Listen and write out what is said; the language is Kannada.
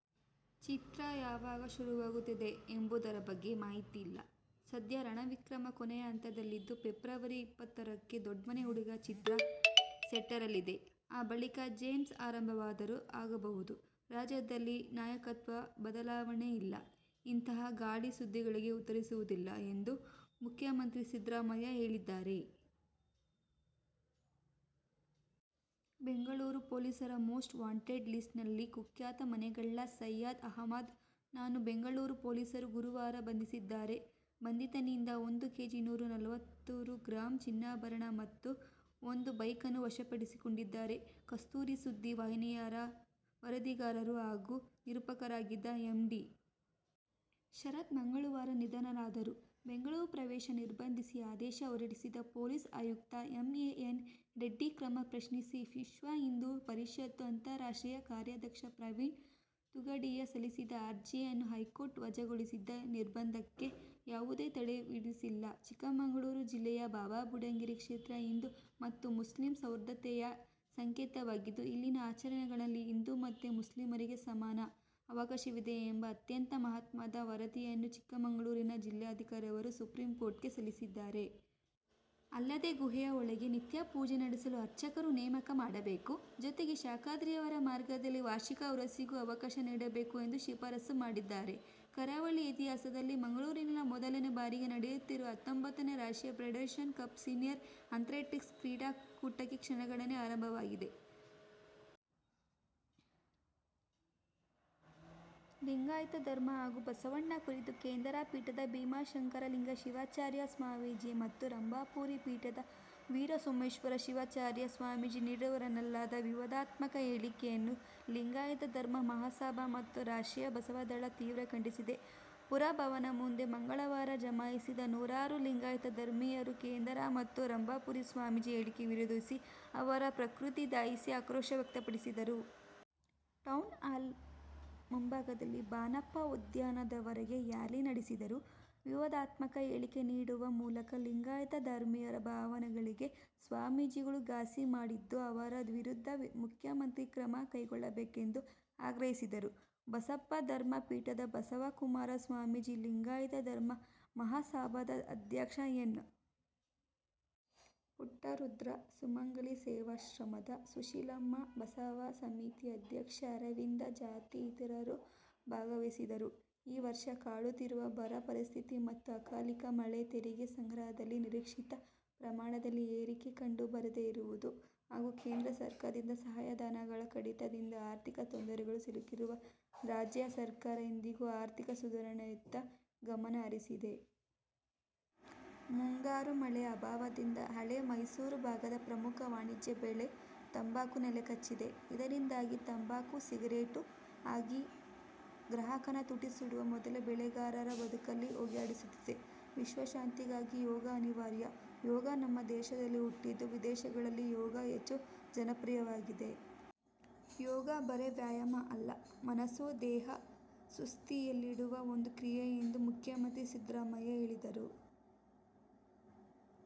ಚಿತ್ರ ಯಾವಾಗ ಶುರುವಾಗುತ್ತದೆ ಎಂಬುದರ ಬಗ್ಗೆ ಮಾಹಿತಿಯಿಲ್ಲ. ಸದ್ಯ "ರಣವಿಕ್ರಮ' ಕೊನೆಯ ಹಂತದಲ್ಲಿದ್ದು, ಫೆಬ್ರವರಿ ಇಪ್ಪತ್ಮೂರಕ್ಕೆ "ದೊಡ್ಮನೆ ಹುಡುಗ' ಚಿತ್ರ ಸೆಟ್ಟೇರಲಿದೆ. ಆ ಬಳಿಕ "ಜೇಮ್ಸ್' ಆರಂಭವಾದರೂ ಆಗಬಹುದು. ರಾಜ್ಯದಲ್ಲಿ ನಾಯಕತ್ವ ಬದಲಾವಣೆ ಇಲ್ಲ. ಇಂತಹ ಗಾಳಿ ಸುದ್ದಿಗಳಿಗೆ ಉತ್ತರಿಸುವುದಿಲ್ಲ ಎಂದು ಮುಖ್ಯಮಂತ್ರಿ ಸಿದ್ದರಾಮಯ್ಯ ಹೇಳಿದ್ದಾರೆ. ಬೆಂಗಳೂರು ಪೊಲೀಸರ ಮೋಸ್ಟ್ ವಾಂಟೆಡ್ ಲಿಸ್ಟ್ನಲ್ಲಿದ್ದ ಕುಖ್ಯಾತ ಮನೆಗಳ್ಳ ಸಯ್ಯದ್ ಅಹಮದ್ ನನ್ನು ಬೆಂಗಳೂರು ಪೊಲೀಸರು ಗುರುವಾರ ಬಂಧಿಸಿದ್ದಾರೆ. ಬಂಧಿತನಿಂದ ಒಂದು ಕೆಜಿ ನೂರ ನಲ್ವತ್ಮೂರು ಗ್ರಾಂ ಚಿನ್ನಾಭರಣ ಮತ್ತು ಒಂದು ಬೈಕನ್ನು ವಶಪಡಿಸಿಕೊಂಡಿದ್ದಾರೆ. ಕಸ್ತೂರಿ ಸುದ್ದಿ ವಾಹಿನಿಯ ವರದಿಗಾರ ಹಾಗೂ ನಿರೂಪಕರಾಗಿದ್ದ ಎಂ. ಡಿ. ಶರತ್ ಮಂಗಳವಾರ ನಿಧನರಾದರು. ಬೆಂಗಳೂರು ಪ್ರವೇಶ ನಿರ್ಬಂಧಿಸಿ ಆದೇಶ ಹೊರಡಿಸಿದ್ದ ಪೊಲೀಸ್ ಆಯುಕ್ತ ಎಂ. ಎನ್. ರೆಡ್ಡಿ ಕ್ರಮ ಪ್ರಶ್ನಿಸಿ ವಿಶ್ವ ಹಿಂದೂ ಪರಿಷತ್ ಅಂತಾರಾಷ್ಟ್ರೀಯ ಕಾರ್ಯಾಧ್ಯಕ್ಷ ಪ್ರವೀಣ್ ತೊಗಾಡಿಯಾ ಸಲ್ಲಿಸಿದ ಅರ್ಜಿಯನ್ನು ಹೈಕೋರ್ಟ್ ವಜಾಗೊಳಿಸಿದ್ದು, ನಿರ್ಬಂಧಕ್ಕೆ ಯಾವುದೇ ತಡೆ ವಿಧಿಸಿಲ್ಲ. ಚಿಕ್ಕಮಗಳೂರು ಜಿಲ್ಲೆಯ ಬಾಬಾಬುಡನಗಿರಿ ಕ್ಷೇತ್ರ ಹಿಂದೂ ಮತ್ತು ಮುಸ್ಲಿಂ ಸೌಹಾರ್ದತೆಯ ಸಂಕೇತವಾಗಿದ್ದು, ಇಲ್ಲಿನ ಆಚರಣೆಗಳಲ್ಲಿ ಹಿಂದೂ ಮತ್ತು ಮುಸ್ಲಿಮರಿಗೆ ಸಮಾನ ಅವಕಾಶವಿದೆ ಎಂಬ ಅತ್ಯಂತ ಮಹತ್ವದ ವರದಿಯನ್ನು ಚಿಕ್ಕಮಗಳೂರಿನ ಜಿಲ್ಲಾಧಿಕಾರಿಯವರು ಸುಪ್ರೀಂಕೋರ್ಟ್ಗೆ ಸಲ್ಲಿಸಿದ್ದಾರೆ. ಅಲ್ಲದೆ, ಗುಹೆಯ ಒಳಗೆ ನಿತ್ಯ ಪೂಜೆ ನಡೆಸಲು ಅರ್ಚಕರ ನೇಮಕ ಮಾಡಬೇಕು. ಜತೆಗೆ, ಶಾಖಾದ್ರಿಯವರ ಮಾರ್ಗದರ್ಶನದಲ್ಲಿ ವಾರ್ಷಿಕ ಉರೂಸಿಗೂ ಅವಕಾಶ ನೀಡಬೇಕು ಎಂದು ಶಿಫಾರಸ್ಸು ಮಾಡಿದ್ದಾರೆ. ಕರಾವಳಿ ಇತಿಹಾಸದಲ್ಲೇ ಮಂಗಳೂರಿನಲ್ಲಿ ಮೊದಲ ಬಾರಿಗೆ ನಡೆಯಲಿರುವ ಹತ್ತೊಂಬತ್ತನೇ ರಾಷ್ಟ್ರೀಯ ಫೆಡರೇಶನ್ ಕಪ್ ಸೀನಿಯರ್ ಆ್ಯತ್ಲೆಟಿಕ್ಸ್ ಕ್ರೀಡಾಕೂಟಕ್ಕೆ ಕ್ಷಣಗಣನೆ ಆರಂಭವಾಗಿದೆ. ಲಿಂಗಾಯತ ಧರ್ಮ ಹಾಗೂ ಬಸವಣ್ಣ ಕುರಿತು ಕೇದಾರ ಪೀಠದ ಭೀಮಾಶಂಕರಲಿಂಗ ಶಿವಾಚಾರ್ಯ ಸ್ವಾಮಿಜಿ ಮತ್ತು ರಂಭಾಪುರಿ ಪೀಠದ ವೀರಸೋಮೇಶ್ವರ ಶಿವಾಚಾರ್ಯ ಸ್ವಾಮೀಜಿ ನೀಡಿರುವರೆನ್ನಲಾದ ವಿವಾದಾತ್ಮಕ ಹೇಳಿಕೆಯನ್ನು ಲಿಂಗಾಯತ ಧರ್ಮ ಮಹಾಸಭಾ ಮತ್ತು ರಾಷ್ಟ್ರೀಯ ಬಸವ ದಳ ತೀವ್ರ ಖಂಡಿಸಿದೆ. ಪುರಭವನ ಮುಂದೆ ಮಂಗಳವಾರ ಜಮಾಯಿಸಿದ ನೂರಾರು ಲಿಂಗಾಯತ ಧರ್ಮೀಯರು, ಕೇದಾರ ಮತ್ತು ರಂಭಾಪುರಿ ಸ್ವಾಮೀಜಿ ಹೇಳಿಕೆ ವಿರೋಧಿಸಿ ಅವರ ಪ್ರತಿಕೃತಿ ದಹಿಸಿ ಆಕ್ರೋಶ ವ್ಯಕ್ತಪಡಿಸಿದರು. ಟೌನ್ ಹಾಲ್ ಮುಂಭಾಗದಿಂದ ಬನಪ್ಪ ಉದ್ಯಾನವನದವರೆಗೆ ರ್ಯಾಲಿ ನಡೆಸಿದರು. ವಿವಾದಾತ್ಮಕ ಹೇಳಿಕೆ ನೀಡುವ ಮೂಲಕ ಲಿಂಗಾಯತ ಧರ್ಮೀಯರ ಭಾವನೆಗಳಿಗೆ ಸ್ವಾಮೀಜಿಗಳು ಘಾಸಿ ಮಾಡಿದ್ದು, ಅವರ ವಿರುದ್ಧ ಮುಖ್ಯಮಂತ್ರಿಗಳು ಕ್ರಮ ಕೈಗೊಳ್ಳಬೇಕೆಂದು ಆಗ್ರಹಿಸಿದರು. ಬಸವ ಧರ್ಮ ಪೀಠದ ಬಸವಕುಮಾರ ಸ್ವಾಮೀಜಿ, ಲಿಂಗಾಯತ ಧರ್ಮ ಮಹಾಸಭಾದ ಅಧ್ಯಕ್ಷ ಎನ್. ಪುಟ್ಟರುದ್ರ, ಸುಮಂಗಲಿ ಸೇವಾಶ್ರಮದ ಸುಶೀಲಮ್ಮ, ಬಸವ ಸಮಿತಿ ಅಧ್ಯಕ್ಷ ಅರವಿಂದ ಜತ್ತಿ ಇತರರು ಭಾಗವಹಿಸಿದ್ದರು. ಈ ವರ್ಷ ಕಾಡುತ್ತಿರುವ ಬರ ಪರಿಸ್ಥಿತಿ ಮತ್ತು ಅಕಾಲಿಕ ಮಳೆ, ತೆರಿಗೆ ಸಂಗ್ರಹದಲ್ಲಿ ನಿರೀಕ್ಷಿತ ಪ್ರಮಾಣದಲ್ಲಿ ಏರಿಕೆ ಕಂಡುಬರದೇ ಇರುವುದು ಹಾಗೂ ಕೇಂದ್ರ ಸರ್ಕಾರದಿಂದ ಸಹಾಯಧನಗಳ ಕಡಿತದಿಂದ ಆರ್ಥಿಕ ತೊಂದರೆಗೆ ಸಿಲುಕಿರುವ ರಾಜ್ಯ ಸರ್ಕಾರ ಇದೀಗ ಆರ್ಥಿಕ ಸುಧಾರಣೆಯತ್ತ ಗಮನಹರಿಸಿದೆ. ಮುಂಗಾರು ಮಳೆಯ ಅಭಾವದಿಂದಾಗಿ ಹಳೆ ಮೈಸೂರು ಭಾಗದ ಪ್ರಮುಖ ವಾಣಿಜ್ಯ ಬೆಳೆ ತಂಬಾಕು ನೆಲಕಚ್ಚಿದೆ. ಇದರಿಂದಾಗಿ ತಂಬಾಕು ಸಿಗರೇಟ್ ಆಗಿ ಗ್ರಾಹಕನ ತುಟಿ ಸುಡುವ ಮೊದಲೇ ಬೆಳೆಗಾರರ ಬದುಕಲ್ಲಿ ಹೊಗೆಯಾಡಿಸುತ್ತಿದೆ. ವಿಶ್ವ ಶಾಂತಿಗಾಗಿ ಯೋಗ ಅನಿವಾರ್ಯ. ಯೋಗ ನಮ್ಮ ದೇಶದಲ್ಲೇ ಹುಟ್ಟಿದ್ದು. ವಿದೇಶಗಳಲ್ಲಿ ಯೋಗ ಹೆಚ್ಚು ಜನಪ್ರಿಯವಾಗಿದೆ. ಯೋಗ ಬರೇ ವ್ಯಾಯಾಮ ಅಲ್ಲ, ಮನಸ್ಸು ದೇಹ ಸುಸ್ಥಿತಿಯಲ್ಲಿಡುವ ಒಂದು ಕ್ರಿಯೆ ಎಂದು ಮುಖ್ಯಮಂತ್ರಿ ಸಿದ್ದರಾಮಯ್ಯ ಹೇಳಿದರು.